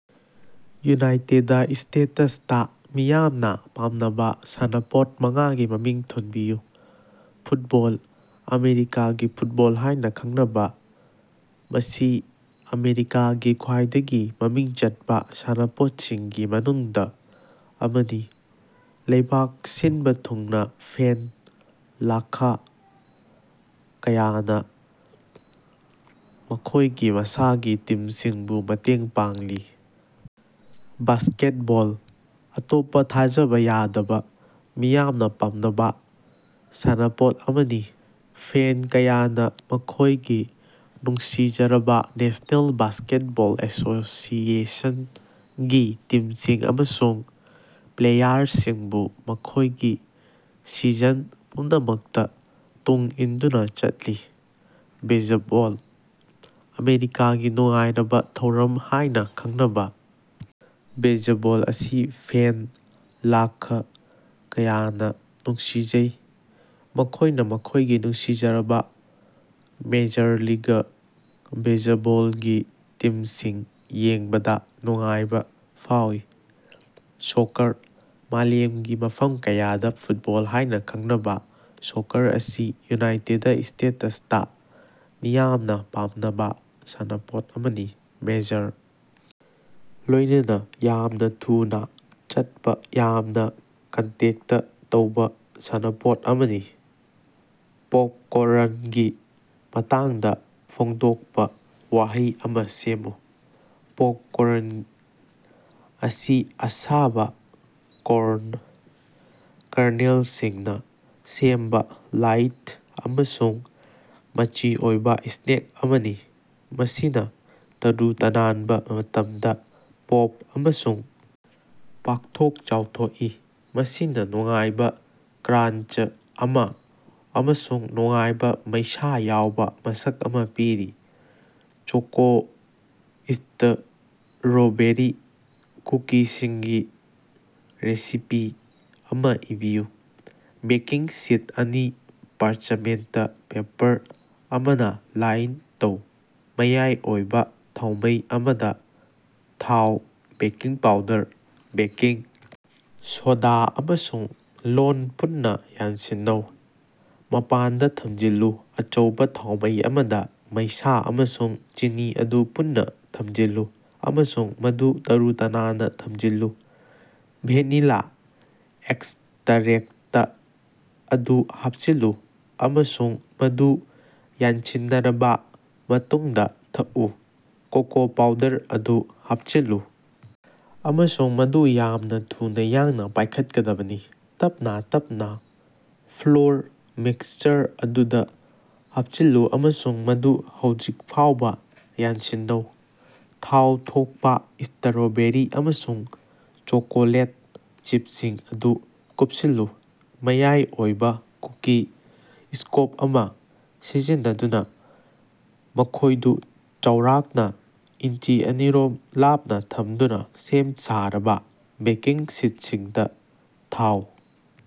United ꯁ꯭ꯇꯦꯇꯁꯇꯥ ꯃꯤꯌꯥꯝꯅ ꯄꯥꯝꯅꯕ ꯁꯥꯟꯅꯄꯣꯠ ꯃꯉꯥꯒꯤ ꯃꯃꯤꯡ ꯊꯣꯟꯕꯤꯌꯨ꯫ ꯐꯨꯠꯕꯣꯜ - ꯑꯃꯦꯔꯤꯀꯥꯒꯤ ꯐꯨꯠꯕꯣꯜ ꯍꯥꯏꯅ ꯈꯪꯅꯕ, ꯃꯁꯤ ꯑꯃꯦꯔꯤꯀꯥꯒꯤ ꯈ꯭ꯋꯥꯏꯗꯒꯤ ꯃꯃꯤꯡ ꯆꯠꯄꯥ ꯁꯥꯟꯅꯄꯣꯠꯁꯤꯡꯒꯤ ꯃꯅꯨꯡꯗ ꯑꯃꯅꯤ, ꯂꯩꯕꯥꯛ ꯁꯤꯟꯕ ꯊꯨꯡꯅ ꯐꯦꯟ ꯂꯥꯈ ꯀꯌꯥꯅ ꯃꯈꯣꯏꯒꯤ ꯃꯁꯥꯒꯤ ꯇꯤꯝꯁꯤꯡꯕꯨ ꯃꯇꯦꯡ ꯄꯥꯡꯂꯤ꯫ ꯕꯥꯁꯀꯦꯠꯕꯣꯜ - ꯑꯇꯣꯞꯄ ꯊꯥꯖꯕ ꯌꯥꯗꯕ ꯃꯤꯌꯥꯝꯅ ꯄꯥꯝꯅꯕꯥ ꯁꯥꯟꯅꯄꯣꯠ ꯑꯃꯅꯤ, ꯐꯦꯟ ꯀꯌꯥꯅ ꯃꯈꯣꯏꯒꯤ ꯅꯨꯡꯁꯤꯖꯔꯕꯥ ꯅꯦꯁꯅꯦꯜ ꯕꯥꯁꯀꯦꯠꯕꯣꯜ ꯑꯦꯁꯣꯁꯤꯌꯦꯁꯟ ꯒꯤ ꯇꯤꯝꯁꯤꯡ ꯑꯃꯁꯨꯡ ꯄ꯭ꯂꯦꯌꯥꯔꯁꯤꯡꯕꯨ ꯃꯈꯣꯏꯒꯤ ꯁꯤꯖꯟ ꯄꯨꯝꯅꯃꯛꯇ ꯇꯨꯡ ꯏꯟꯗꯨꯅ ꯆꯠꯂꯤ꯫ ꯕꯦꯖꯕꯣꯜ - ꯑꯃꯦꯔꯤꯀꯥꯒꯤ ꯅꯨꯡꯉꯥꯏꯔꯕ ꯊꯧꯔꯝ ꯍꯥꯏꯅ ꯈꯪꯅꯕ ꯕꯦꯖꯕꯣꯜ ꯑꯁꯤ ꯐꯦꯟ ꯂꯥꯈ ꯀꯌꯥꯅ ꯅꯨꯡꯁꯤꯖꯩ, ꯃꯈꯣꯏꯅ ꯃꯈꯣꯏꯒꯤ ꯅꯨꯡꯁꯤꯖꯔꯕꯥ ꯃꯦꯖꯔ ꯂꯤꯒ ꯕꯦꯖꯕꯣꯜꯒꯤ ꯇꯤꯝꯁꯤꯡ ꯌꯦꯡꯕꯗꯥ ꯅꯨꯡꯉꯥꯏꯕ ꯐꯥꯎꯏ꯫ ꯁꯣꯀꯔ - ꯃꯥꯂꯦꯝꯒꯤ ꯃꯐꯝ ꯀꯌꯥꯗ ꯐꯨꯠꯕꯣꯜ ꯍꯥꯏꯅ ꯈꯪꯅꯕꯥ ꯁꯣꯀꯔ ꯑꯁꯤ ꯌꯨꯅꯥꯏꯇꯦꯗ ꯁ꯭ꯇꯦꯇꯁꯇꯥ ꯃꯤꯌꯥꯝꯅ ꯄꯥꯝꯅꯕꯥ ꯁꯥꯟꯅꯄꯣꯠ ꯑꯃꯅꯤ, ꯃꯦꯖꯔ ꯂꯣꯏꯅꯅ ꯌꯥꯝꯅ ꯊꯨꯅꯥ ꯆꯠꯄ, ꯌꯥꯝꯅ ꯀꯟꯇꯦꯛꯇ ꯇꯧꯕ ꯁꯥꯟꯅꯄꯣꯠ ꯑꯃꯅꯤ꯫ ꯄꯣꯞꯀꯣꯔ꯭ꯟꯒꯤ ꯃꯇꯥꯡꯗ ꯐꯣꯡꯗꯣꯛꯄ ꯋꯥꯍꯩ ꯑꯃ ꯁꯦꯝꯃꯨ꯫ ꯄꯣꯞꯀꯣꯔ꯭ꯟ ꯑꯁꯤ ꯑꯁꯥꯕ ꯀꯣꯔ꯭ꯟ ꯀꯔꯅꯦꯜꯁꯤꯡꯅ ꯁꯦꯝꯕ ꯂꯥꯏꯠ ꯑꯃꯁꯨꯡ ꯃꯆꯤ ꯑꯣꯏꯕ ꯁ꯭ꯅꯦꯛ ꯑꯃꯅꯤ, ꯃꯁꯤꯅ ꯇꯔꯨ ꯇꯅꯥꯟꯕ ꯃꯇꯝꯗ ꯄꯣꯞ ꯑꯃꯁꯨꯡ ꯄꯥꯛꯊꯣꯛ-ꯆꯥꯎꯊꯣꯛꯏ, ꯃꯁꯤꯅ‌ ꯅꯨꯡꯉꯥꯏꯕ ꯀ꯭ꯔꯥꯟꯆ ꯑꯃ ꯑꯃꯁꯨꯡ ꯅꯨꯡꯉꯥꯏꯕ ꯃꯩꯁꯥ ꯌꯥꯎꯕ ꯃꯁꯛ ꯑꯃ ꯄꯤꯔꯤ꯫ ꯆꯣꯀꯣ-ꯁ꯭ꯇꯔꯣꯕꯦꯔꯤ ꯀꯨꯀꯤꯁꯤꯡꯒꯤ ꯔꯦꯁꯤꯄꯤ ꯑꯃ ꯏꯕꯤꯌꯨ꯫ ꯕꯦꯀꯤꯡ ꯁꯤꯠ ꯑꯅꯤ ꯄꯥꯔꯆꯃꯦꯟꯇ ꯄꯦꯄꯔ ꯑꯃꯅ ꯂꯥꯏꯟ ꯇꯧ꯫ ꯃꯌꯥꯏ ꯑꯣꯏꯕ ꯊꯥꯎꯃꯩ ꯑꯃꯗ, ꯊꯥꯎ, ꯕꯦꯀꯤꯡ ꯄꯥꯎꯗꯔ, ꯕꯦꯀꯤꯡ ꯁꯣꯗꯥ ꯑꯃꯁꯨꯡ ꯂꯣꯟ ꯄꯨꯟꯅ ꯌꯥꯟꯁꯤꯟꯅꯧ꯫ ꯃꯄꯥꯟꯗ ꯊꯝꯖꯤꯜꯂꯨ꯫ ꯑꯆꯧꯕ ꯊꯥꯎꯃꯩ ꯑꯃꯗ, ꯃꯩꯁꯥ ꯑꯃꯁꯨꯡ ꯆꯤꯅꯤ ꯑꯗꯨ ꯄꯨꯟꯅ ꯊꯝꯖꯤꯜꯂꯨ ꯑꯃꯁꯨꯡ ꯃꯗꯨ ꯇꯔꯨ-ꯇꯅꯥꯟꯅ ꯊꯝꯖꯤꯜꯂꯨ ꯫ꯚꯦꯅꯤꯂꯥ ꯑꯦꯛꯁꯇꯔꯦꯛꯇ ꯑꯗꯨ ꯍꯥꯞꯆꯤꯜꯂꯨ ꯑꯃꯁꯨꯡ ꯃꯗꯨ ꯌꯥꯟꯁꯤꯟꯅꯔꯕꯥ ꯃꯇꯨꯡꯗ ꯊꯛꯎ꯫ ꯀꯣꯀꯣ ꯄꯥꯎꯗꯔ ꯑꯗꯨ ꯍꯥꯞꯆꯤꯜꯂꯨ ꯑꯃꯁꯨꯡ ꯃꯗꯨ ꯌꯥꯝꯅ ꯊꯨꯅ ꯌꯥꯡꯅ ꯄꯥꯏꯈꯠꯀꯗꯕꯅꯤ꯫ ꯇꯞꯅꯥ ꯇꯞꯅꯥ ꯐ꯭ꯂꯣꯔ ꯃꯤꯛꯁꯆꯔ ꯑꯗꯨꯗ ꯍꯥꯞꯆꯤꯜꯂꯨ ꯑꯃꯁꯨꯡ ꯃꯗꯨ ꯍꯧꯖꯤꯛ ꯐꯥꯎꯕ ꯌꯥꯟꯁꯤꯟꯅꯧ꯫ ꯊꯥꯎ ꯊꯣꯛꯄꯥ ꯁ꯭ꯇꯔꯣꯕꯦꯔꯤ ꯑꯃꯁꯨꯡ ꯆꯣꯀꯣꯂꯦꯠ ꯆꯤꯞꯁꯤꯡ ꯑꯗꯨ ꯀꯨꯞꯁꯤꯜꯂꯨ꯫ ꯃꯌꯥꯏ ꯑꯣꯏꯕ ꯀꯨꯀꯤ ꯁ꯭ꯀꯣꯞ ꯑꯃ ꯁꯤꯖꯤꯟꯅꯗꯨꯅ, ꯃꯈꯣꯏꯗꯨ ꯆꯥꯎꯔꯥꯛꯅ ꯏꯟꯆꯤ ꯑꯅꯤ ꯔꯣꯝ ꯂꯥꯞꯅ ꯊꯝꯗꯨꯅ ꯁꯦꯝ-ꯁꯥꯔꯕꯥ ꯕꯦꯀꯤꯡ ꯁꯤꯠꯁꯤꯡꯗ ꯊꯥꯎ꯫